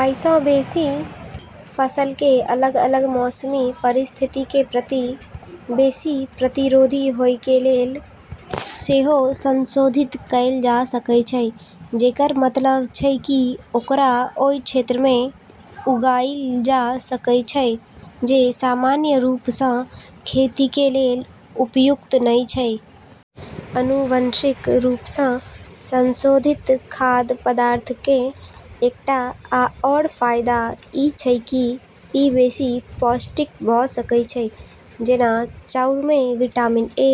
अइसँ बेशी, फसलके अलग-अलग मौसमी परिस्थितिके प्रति बेशी प्रतिरोधी होइके लेल सेहो संशोधित कैल जा सकै छै, जेकर मतलब छै कि ओकरा ओइ क्षेत्रमे उगाइल जा सकै छै जे सामान्य रूपसँ खेतीके लेल उपयुक्त नहि छै। आनुवंशिक रूपसँ संशोधित खाद्य पदार्थके एकटा आओर फाइदा ई छै कि ई बेशी पौष्टिक भ' सकै छै। जेना चाउरमे विटामिन ए,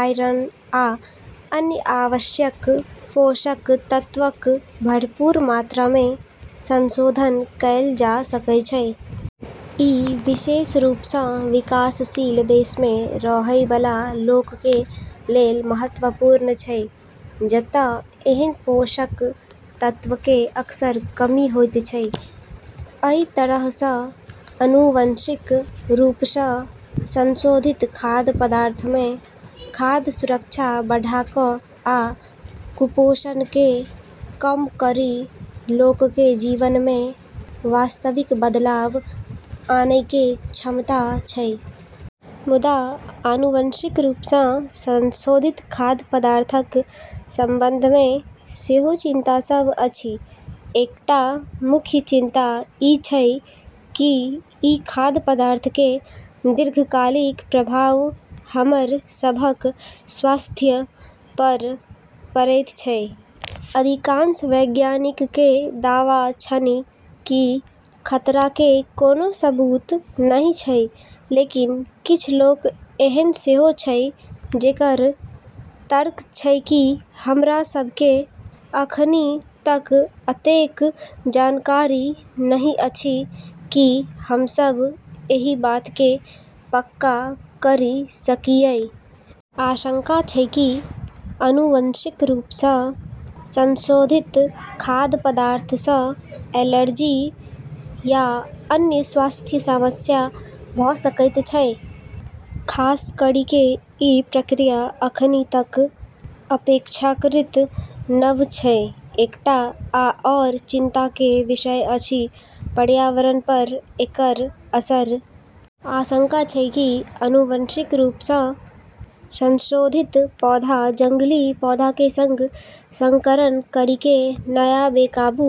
आयरन आ अन्य आवश्यक पोषक तत्वक भरपूर मात्रामे संशोधन कैल जा सकै छै। ई विशेष रूपसँ विकासशील देशमे रहैबला लोकके लेल महत्वपूर्ण छै, जत' ऐहन पोषक तत्वके अक्सर कमी होइत छै। अइ तरहसँ आनुवंशिक रूपसँ संशोधित खाद्य पदार्थमे खाद्य सुरक्षा बढ़ा क' आ कुपोषणके कम करि लोकके जीवनमे वास्तविक बदलाव आनैके क्षमता छै। मुदा, आनुवंशिक रूपसँ संशोधित खाद्य पदार्थक संबंधमे सेहो चिंता सब अछि। एकटा मुख्य चिंता ई छै कि ई खाद्य पदार्थके दीर्घकालिक प्रभाव हमर सबहक स्वास्थ्य पर पड़ैत छै। अधिकांश वैज्ञानिकके दावा छनि कि खतराके कोनो सबूत नहि छै, लेकिन किछ लोक एहन सेहो छै जेकरऽ तर्क छै कि हमरा सबके अखनि तक अतेक जानकारी नहि अछि कि हमसब एहि बातके पक्का करि सकियै। आशंका छै कि आनुवंशिक रूपसँ संशोधित खाद्य पदार्थसँ एलर्जी या अन्य स्वास्थ्य समस्या भ' सकैत छै, खासकरिके ई प्रक्रिया अखनि तक अपेक्षाकृत नव छै। एकटा आओर चिंताके विषय अछि पर्यावरण पर एकर असर। आशंका छै कि आनुवंशिक रूपसँ संशोधित पौधा जंगली पौधाके सङ्ग संकरन करिके नया, बेकाबू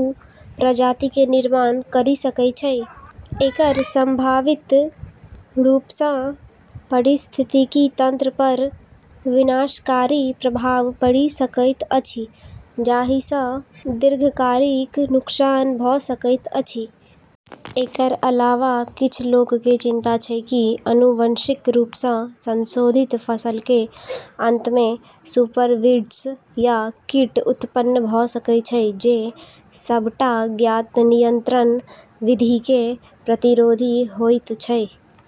प्रजातिके निर्माण करि सकै छै। एकर संभावित रूपसँ पारिस्थितिकी तंत्र पर विनाशकारी प्रभाव पड़ि सकैत अछि, जाहिसँ दीर्घकालिक नुकसान भ' सकैत अछि। एकर अलावा, किछ लोकके चिंता छै कि आनुवंशिक रूपसँ संशोधित फसलके अंतमे सुपरवीड्स या कीट उत्पन्न भ' सकै छै जे सबटा ज्ञात नियंत्रण विधिके प्रतिरोधी होइत छै।